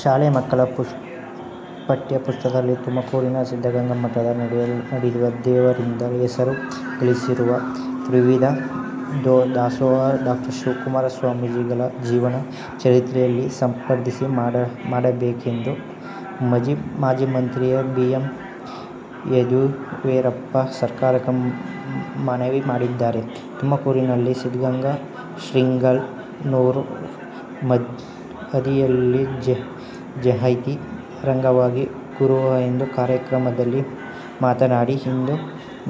ಶಾಲಾ ಮಕ್ಕಳ ಪಠ್ಯಪುಸ್ತಕದಲ್ಲಿ ತುಮಕೂರಿನ ಸಿದ್ದಗಂಗಾ ಮಠದ ನಡೆದಾಡುವ ದೇವರೆಂದೇ ಹೆಸರು ಗಳಿಸಿರುವ ತ್ರಿವಿಧ ದಾಸೋಹಿ ಡಾ ಶಿವಕುಮಾರ ಸ್ವಾಮೀಜಿಗಳ ಜೀವನ ಚರಿತ್ರೆಯನ್ನು ಸೇರ್ಪಡೆ ಮಾಡಬೇಕೆಂದು ಮಾಜಿ ಮುಖ್ಯಮಂತ್ರಿ ಬಿ ಎಸ್ ಯಡಿಯೂರಪ್ಪ ಸರ್ಕಾರಕ್ಕೆ ಮನವಿ ಮಾಡಿದ್ದಾರೆ. ತುಮಕೂರಿನಲ್ಲಿಂದು ಸಿದ್ದಗಂಗಾ ಶ್ರೀಗಳ ನೂರಾ ಹದಿನೈದನೇ ಜಯಂತಿ ಅಂಗವಾಗಿ ಗುರುವಂದನಾ ಕಾರ್ಯಕ್ರಮದಲ್ಲಿ ಮಾತನಾಡಿ, ಇಂದು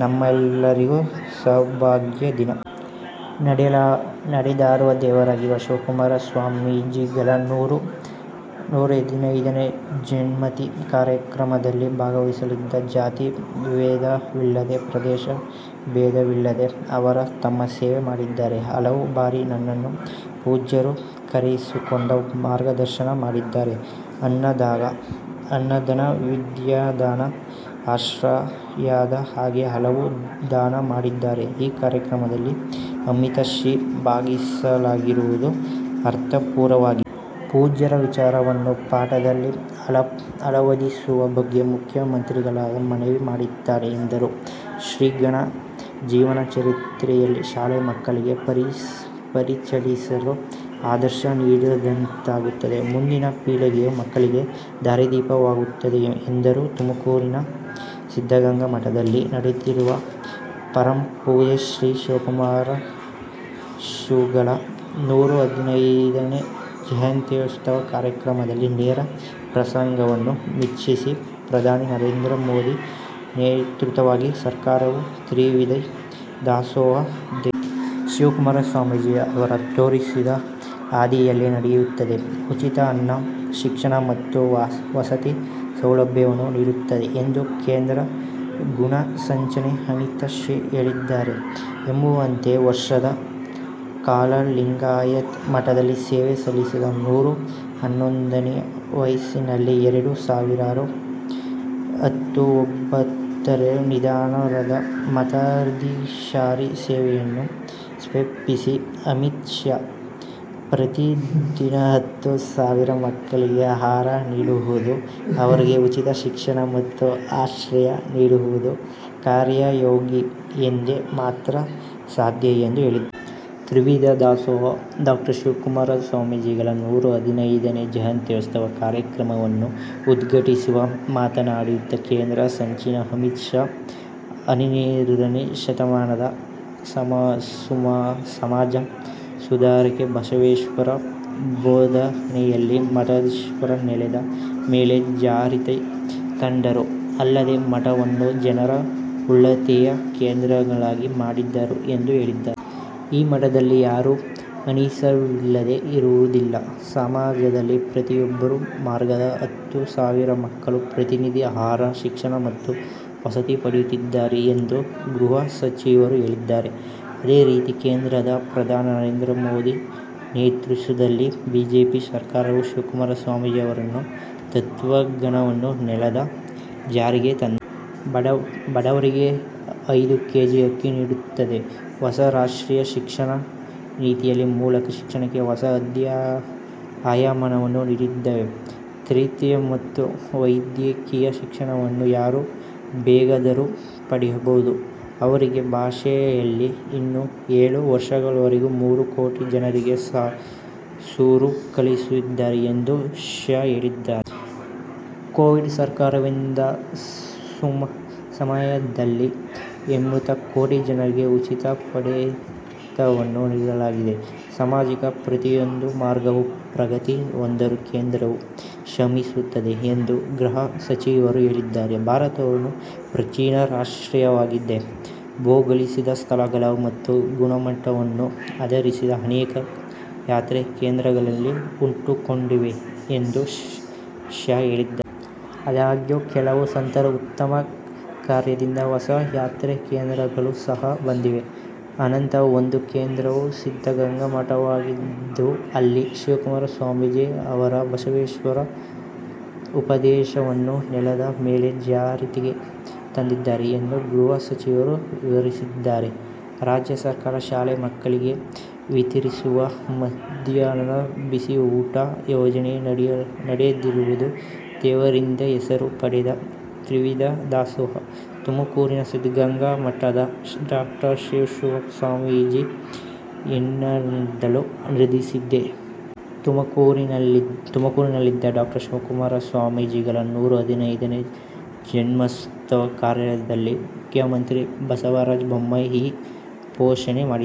ನಮ್ಮೆಲ್ಲರಿಗೂ ಸೌಭಾಗ್ಯ ದಿನ. ನಡೆದಾಡುವ ದೇವರಾಗಿರುವ ಶಿವಕುಮಾರ ಶ್ರೀಗಳ ನೂರಾ ಹದಿನೈದನೇ ಜಯಂತಿ ಕಾರ್ಯಕ್ರಮದಲ್ಲಿ ಭಾಗಿಯಾಗಿದ್ದೇವೆ. ಜಾತಿ ಭೇದವಿಲ್ಲದೆ ಪ್ರದೇಶ ಭೇದವಿಲ್ಲದೆ ಅವರು ತಮ್ಮ ಸೇವೆ ಮಾಡಿದ್ದಾರೆ. ಹಲವು ಬಾರಿ ನನ್ನನ್ನು ಪೂಜ್ಯರು ಕರೆಸಿಕೊಂಡು ಮಾರ್ಗದರ್ಶನ ಮಾಡಿದ್ದಾರೆ. ಅನ್ನದಾನ ವಿದ್ಯಾದಾನ, ಆಶ್ರಯದಾನ ಹೀಗೆ ಹಲವು ದಾನ ಮಾಡಿದ್ದಾರೆ. ಈ ಕಾರ್ಯಕ್ರಮದಲ್ಲಿ ಅಮಿತ್ ಶಾ ಭಾಗಿಯಾಗಿರೋದು ಅರ್ಥಪೂರ್ಣವಾಗಿದೆ. ಪೂಜ್ಯರ ವಿಚಾರವನ್ನು ಪಠ್ಯದಲ್ಲಿ ಅಳವಡಿಸುವ ಬಗ್ಗೆ ಮುಖ್ಯ ಮಂತ್ರಿಗಳಿಗೆ ಮನವಿ ಮಾಡುತ್ತೇನೆ ಎಂದರು. ಶ್ರೀಗಳ ಜೀವನ ಚರಿತ್ರೆಯನ್ನು ಶಾಲಾ ಮಕ್ಕಳಿಗೆ ಪರಿಚಯಿಸಿದರೆ ಆದರ್ಶ ನೀಡಿದಂತಾಗುತ್ತದೆ, ಮುಂದಿನ ಪೀಳಿಗೆಯ ಮಕ್ಕಳಿಗೆ ದಾರಿದೀಪವಾಗುತ್ತದೆ ಎಂದರು. ತುಮಕೂರಿನ ಸಿದ್ದಗಂಗಾ ಮಠದಲ್ಲಿ ನಡೆಯುತ್ತಿರುವ ಪರಮಪೂಜ್ಯ ಶ್ರೀ ಶಿವಕುಮಾರ ಶ್ರೀಗಳ ನೂರಾ ಹದಿನೈದನೇ ಜಯಂತೋತ್ಸವ ಕಾರ್ಯಕ್ರಮದ ನೇರ ಪ್ರಸಾರವನ್ನು ವೀಕ್ಷಿಸಿ, ಪ್ರಧಾನಿ ನರೇಂದ್ರ ಮೋದಿ ನೇತೃತ್ವದ ಸರ್ಕಾರವು ತ್ರಿವಿಧ ದಾಸೋಹಿ ಡಾ. ಶಿವಕುಮಾರ ಸ್ವಾಮೀಜಿ ಅವರು ತೋರಿಸಿದ ಹಾದಿಯಲ್ಲಿ ನಡೆಯುತ್ತಿದ್ದು, ಉಚಿತ ಅನ್ನ, ಶಿಕ್ಷಣ ಮತ್ತು ವಸತಿ ಸೌಲಭ್ಯವನ್ನು ನೀಡುತ್ತಿದೆ ಎಂದು ಕೇಂದ್ರ ಗೃಹ ಸಚಿವ ಅಮಿತ್ ಶಾ ಹೇಳಿದರು. ಎಂಬತ್ತೆಂಟು ವರ್ಷಗಳ ಕಾಲ ಲಿಂಗಾಯತ ಮಠಕ್ಕೆ ಸೇವೆ ಸಲ್ಲಿಸಿ ನೂರಾ ಹನ್ನೊಂದನೇ ವಯಸ್ಸಿನಲ್ಲಿ ಎರಡು ಸಾವಿರದ ಹತ್ತೊಂಬತ್ತರಲ್ಲಿ ನಿಧನರಾದ ಮಠಾಧೀಶರ ಸೇವೆಯನ್ನು ಶ್ಲಾಘಿಸಿದ ಅಮಿತ್ ಶಾ, ಪ್ರತಿದಿನ ಹತ್ತು ಸಾವಿರ ಮಕ್ಕಳಿಗೆ ಆಹಾರ ನೀಡುವುದು, ಅವರಿಗೆ ಉಚಿತ ಶಿಕ್ಷಣ ಮತ್ತು ಆಶ್ರಯ ನೀಡುವುದು 'ಕರ್ಮಯೋಗಿ'ಯಿಂದ ಮಾತ್ರ ಸಾಧ್ಯ ಎಂದು ಹೇಳಿದರು. ತ್ರಿವಿಧ ದಾಸೋಹಿ ಡಾ. ಶಿವಕುಮಾರ ಸ್ವಾಮೀಜಿಗಳ ನೂರಾ ಹದಿನೈದನೇ ಜಯಂತ್ಯೋತ್ಸವ ಕಾರ್ಯಕ್ರಮವನ್ನು ಉದ್ಘಾಟಿಸಿ ಮಾತನಾಡಿದ ಕೇಂದ್ರ ಸಚಿವ ಅಮಿತ್ ಶಾ, ಹನ್ನೆರಡನೇ ಶತಮಾನದ ಸಮಾಜ ಸುಧಾರಕ ಬಸವೇಶ್ವರರ ಬೋಧನೆಯನ್ನು ಮಠಾಧೀಶರು ನೆಲದ ಮೇಲೆ ಜಾರಿಗೆ ತಂದರು. ಅಲ್ಲದೆ ಮಠವನ್ನು ಜನರ ಉನ್ನತಿಯ ಕೇಂದ್ರವನ್ನಾಗಿ ಮಾಡಿದರು ಎಂದು ಹೇಳಿದರು. 'ಈ ಮಠದಲ್ಲಿ ಯಾರೂ ಹಸಿವಿನಿಂದ ಇರುವುದಿಲ್ಲ. ಸಮಾಜದ ಪ್ರತಿಯೊಂದು ವರ್ಗದ ಹತ್ತು ಸಾವಿರ ಮಕ್ಕಳು ಪ್ರತಿದಿನ ಆಹಾರ, ಶಿಕ್ಷಣ ಮತ್ತು ವಸತಿ ಪಡೆಯುತ್ತಾರೆ ಎಂದು ಗೃಹ ಸಚಿವರು ಹೇಳಿದರು. ಅದೇ ರೀತಿ ಕೇಂದ್ರದ ಪ್ರಧಾನಿ ನರೇಂದ್ರ ಮೋದಿ ನೇತೃತ್ವದ ಬಿಜೆಪಿ ಸರಕಾರವು ಶಿವಕುಮಾರ ಸ್ವಾಮೀಜಿಯವರ ತತ್ವಗಳನ್ನು ನೆಲದಲ್ಲಿ ಜಾರಿಗೆ ತಂದಿದೆ. ಬಡವರಿಗೆ ಐದು ಕೆಜಿ ಅಕ್ಕಿ ನೀಡುತ್ತಿದ್ದೇವೆ. ಹೊಸ ರಾಷ್ಟ್ರೀಯ ಶಿಕ್ಷಣ ನೀತಿಯ ಮೂಲಕ ಶಿಕ್ಷಣಕ್ಕೆ ಹೊಸ ಆಯಾಮವನ್ನು ನೀಡಿದ್ದೇವೆ. ತಾಂತ್ರಿಕ ಮತ್ತು ವೈದ್ಯಕೀಯ ಶಿಕ್ಷಣವನ್ನು ಯಾರು ಬೇಕಾದರೂ ಪಡೆಯಬಹುದು. ಅವರದೇ ಭಾಷೆಯಲ್ಲಿ. ಇನ್ನು ಏಳು ವರ್ಷಗಳಲ್ಲಿ ಮೂರು ಕೋಟಿ ಜನರಿಗೆ ಸೂರು ಕಲ್ಪಿಸಿಕೊಡಲಾಗಿದೆ ಎಂದು ಶಾ ಹೇಳಿದರು. ಕೋವಿಡ್ ಸಾಂಕ್ರಾಮಿಕ ಸಮಯದಲ್ಲಿ, ಎಂಬತ್ತು ಕೋಟಿ ಜನರಿಗೆ ಉಚಿತ ಪಡಿತರವನ್ನು ನೀಡಲಾಗಿದೆ. ಸಮಾಜದ ಪ್ರತಿಯೊಂದು ವರ್ಗವೂ ಪ್ರಗತಿ ಹೊಂದಲು ಕೇಂದ್ರವು ಶ್ರಮಿಸುತ್ತಿದೆ ಎಂದು ಗೃಹ ಸಚಿವರು ಹೇಳಿದರು. ಭಾರತವು ಪ್ರಾಚೀನ ರಾಷ್ಟ್ರವಾಗಿದ್ದು, ಭೌಗೋಳಿಕ ಸ್ಥಳಗಳು ಮತ್ತು ಗುಣಮಟ್ಟವನ್ನು ಆಧರಿಸಿ ಅನೇಕ ಯಾತ್ರಾ ಕೇಂದ್ರಗಳು ಹುಟ್ಟಿಕೊಂಡಿವೆ ಎಂದು ಶಾ ಹೇಳಿದರು. ಆದಾಗ್ಯೂ, ಕೆಲವು ಸಂತರ ಉತ್ತಮ ಕಾರ್ಯದಿಂದ ಹೊಸ ಯಾತ್ರಾ ಕೇಂದ್ರಗಳು ಸಹ ಬಂದಿವೆ. ಅಂತಹ ಒಂದು ಕೇಂದ್ರವು ಸಿದ್ದಗಂಗಾ ಮಠವಾಗಿದ್ದು, ಅಲ್ಲಿ ಶಿವಕುಮಾರ ಸ್ವಾಮೀಜಿ ಅವರು ಬಸವೇಶ್ವರರ ಉಪದೇಶವನ್ನು ನೆಲದ ಮೇಲೆ ಜಾರಿಗೆ ತಂದಿದ್ದಾರೆ ಎಂದು ಗೃಹ ಸಚಿವರು ವಿವರಿಸಿದರು. ರಾಜ್ಯ ಸರ್ಕಾರ ಶಾಲಾ ಮಕ್ಕಳಿಗೆ ವಿತರಿಸುವ ಮಧ್ಯಾಹ್ನದ ಬಿಸಿಯೂಟ ಯೋಜನೆಗೆ ನಡೆದಾಡುವ ದೇವರೆಂದೇ ಹೆಸರು ಪಡೆದ ತ್ರಿವಿಧ ದಾಸೋಹಿ ತುಮಕೂರಿನ ಸಿದ್ದಗಂಗಾ ಮಠದ ಡಾ ಶಿವಕುಮಾರ ಸ್ವಾಮೀಜಿಗಳ ಹೆಸರನ್ನಿಡಲು ನಿರ್ಧರಿಸಿದೆ. ತುಮಕೂರಿನಲ್ಲಿಂದು ಡಾ ಶಿವಕುಮಾರ ಸ್ವಾಮೀಜಿಗಳ ನೂರಾ ಹದಿನೈದನೇ ಜಯಂತ್ಯೋತ್ಸವ ಕಾರ್ಯಕ್ರಮದಲ್ಲಿ ಮುಖ್ಯಮಂತ್ರಿ ಬಸವರಾಜ ಬೊಮ್ಮಾಯಿ ಈ ಘೋಷಣೆ ಮಾಡಿದ್ದಾರೆ.